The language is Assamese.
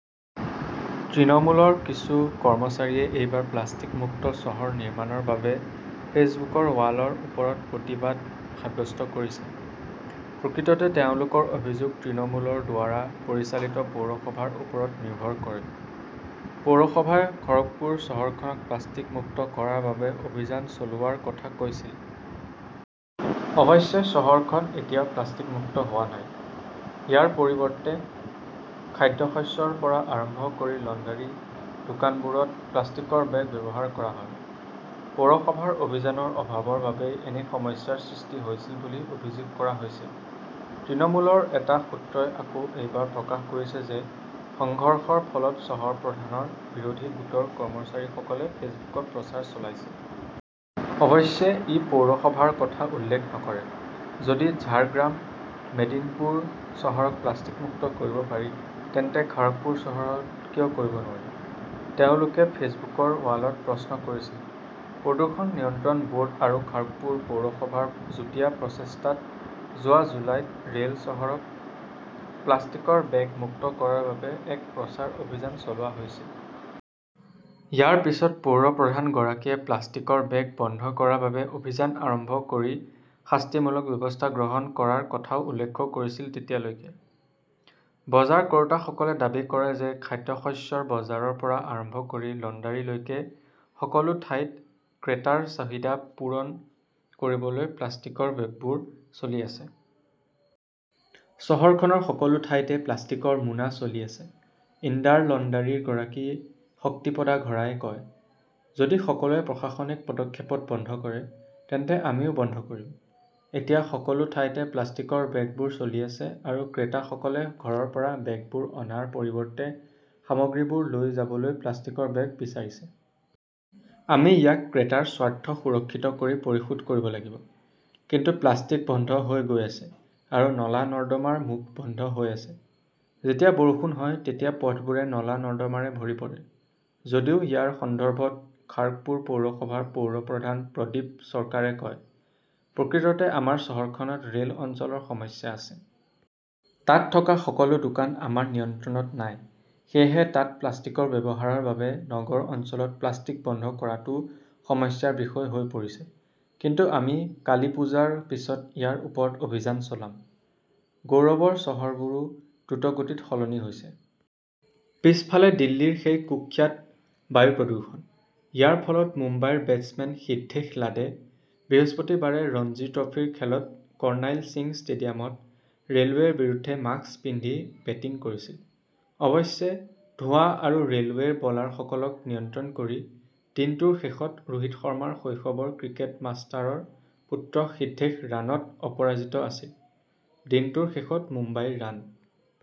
তৃণমূলৰ কিছু কৰ্মচাৰীয়ে এইবাৰ প্লাষ্টিক মুক্ত চহৰ নিৰ্মাণৰ বাবে ফেচবুকৰ ৱালৰ ওপৰত প্ৰতিবাদ সাব্যস্ত কৰিছে। প্ৰকৃততে তেওঁলোকৰ অভিযোগ তৃণমূলৰ দ্বাৰা পৰিচালিত পৌৰসভাৰ ওপৰত নিৰ্ভৰ কৰে। পৌৰসভাই খৰ্গপুৰ চহৰখনক প্লাষ্টিক মুক্ত কৰাৰ বাবে অভিযান চলোৱাৰ কথা কৈছিল। অৱশ্যে চহৰখন এতিয়াও প্লাষ্টিক মুক্ত হোৱা নাই। ইয়াৰ পৰিৱৰ্তে, খাদ্যশস্যৰ পৰা আৰম্ভ কৰি লণ্ডাৰী, দোকানবোৰত প্লাষ্টিকৰ বেগ ব্যৱহাৰ কৰা হয়। পৌৰসভাৰ অভিযানৰ অভাৱৰ বাবেই এনে সমস্যাৰ সৃষ্টি হৈছিল বুলি অভিযোগ কৰা হৈছে। তৃণমূলৰ এটা সূত্ৰই আকৌ এবাৰ প্ৰকাশ কৰিছে যে, সংঘৰ্ষৰ ফলত চহৰ প্ৰধানৰ বিৰোধী গোটৰ কৰ্মচাৰীসকলে ফেচবুকত প্ৰচাৰ চলাইছিল। অৱশ্যে ই পৌৰসভাৰ কথা উল্লেখ নকৰে। "যদি ঝাৰগ্ৰাম, মেদিনীপুৰ চহৰক প্লাষ্টিক মুক্ত কৰিব পাৰি, তেন্তে খাৰ্গপুৰ চহৰত কিয় কৰিব নোৱাৰি?", তেওঁলোকে ফেচবুকৰ ৱালত প্ৰশ্ন কৰিছিল। "প্ৰদূষণ নিয়ন্ত্ৰণ বৰ্ড আৰু খাৰ্গপুৰ পৌৰসভাৰ যুটীয়া প্ৰচেষ্টাত যোৱা জুলাইত ৰেল চহৰক প্লাষ্টিকৰ বেগ মুক্ত কৰাৰ বাবে এক প্ৰচাৰ অভিযান চলোৱা হৈছিল। ইয়াৰ পিছত পৌৰ প্ৰধানগৰাকীয়ে প্লাষ্টিকৰ বেগ বন্ধ কৰাৰ বাবে অভিযান আৰম্ভ কৰি শাস্তিমূলক ব্যৱস্থা গ্ৰহণ কৰাৰ কথাও উল্লেখ কৰিছিল তেতিয়ালৈকে। বজাৰ কৰোঁতাসকলে দাবী কৰে যে খাদ্যশস্যৰ বজাৰৰ পৰা আৰম্ভ কৰি লণ্ডাৰীলৈকে সকলো ঠাইতে ক্ৰেতাৰ চাহিদা পূৰণ কৰিবলৈ প্লাষ্টিকৰ বেগবোৰ চলি আছে। "চহৰখনৰ সকলো ঠাইতে প্লাষ্টিকৰ মোনা চলি আছে", ইণ্ডাৰ লণ্ডাৰীৰ গৰাকী শক্তিপদা ঘৰাই কয়। যদি সকলোৱে প্ৰশাসনিক পদক্ষেপত বন্ধ কৰে, তেন্তে আমিও বন্ধ কৰিম। এতিয়া সকলো ঠাইতে প্লাষ্টিকৰ বেগবোৰ চলি আছে আৰু ক্ৰেতাসকলে ঘৰৰ পৰা বেগবোৰ অনাৰ পৰিৱৰ্তে সামগ্ৰীবোৰ লৈ যাবলৈ প্লাষ্টিকৰ বেগ বিচাৰিছে। আমি ইয়াক ক্ৰেতাৰ স্বাৰ্থ সুৰক্ষিত কৰি পৰিশোধ কৰিব লাগিব। "কিন্তু প্লাষ্টিক বন্ধ হৈ গৈ আছে আৰু নলা-নৰ্দমাৰ মুখ বন্ধ হৈ আছে। যেতিয়া বৰষুণ হয়, তেতিয়া পথবোৰে নলা-নৰ্দমাৰে ভৰি পৰে। যদিও ইয়াৰ সন্দৰ্ভত খাৰ্গপুৰ পৌৰসভাৰ পৌৰপ্ৰধান প্ৰদীপ চৰকাৰে কয়, "প্ৰকৃততে আমাৰ চহৰখনত ৰেল অঞ্চলৰ সমস্যা আছে। তাত থকা সকলো দোকান আমাৰ নিয়ন্ত্ৰণত নাই। সেয়েহে তাত প্লাষ্টিকৰ ব্যৱহাৰৰ বাবে নগৰ অঞ্চলত প্লাষ্টিক বন্ধ কৰাটোও সমস্যাৰ বিষয় হৈ পৰিছে। কিন্তু আমি কালীপুজাৰ পিছত ইয়াৰ ওপৰত অভিযান চলাম"। গৌৰৱৰ চহৰবোৰো দ্ৰুতগতিত সলনি হৈছে। পিছফালে দিল্লীৰ সেই কুখ্যাত বায়ু প্ৰদূষণ। ইয়াৰ ফলত মুম্বাইৰ বেটছমেন সিদ্ধেশ লাডে বৃহস্পতিবাৰে ৰঞ্জী ট্ৰফীৰ খেলত কৰ্ণাইল সিং ষ্টেডিয়ামত ৰেলৱেৰ বিৰুদ্ধে মাস্ক পিন্ধি বেটিং কৰিছিল। অৱশ্যে, ধোঁৱা আৰু ৰেলৱেৰ বলাৰসকলক নিয়ন্ত্ৰণ কৰি, দিনটোৰ শেষত ৰোহিত শৰ্মাৰ শৈশৱৰ ক্ৰিকেট-মাষ্টাৰৰ পুত্ৰ সিদ্ধেশ ৰানত অপৰাজিত আছিল। দিনটোৰ শেষত মুম্বাইৰ ৰান।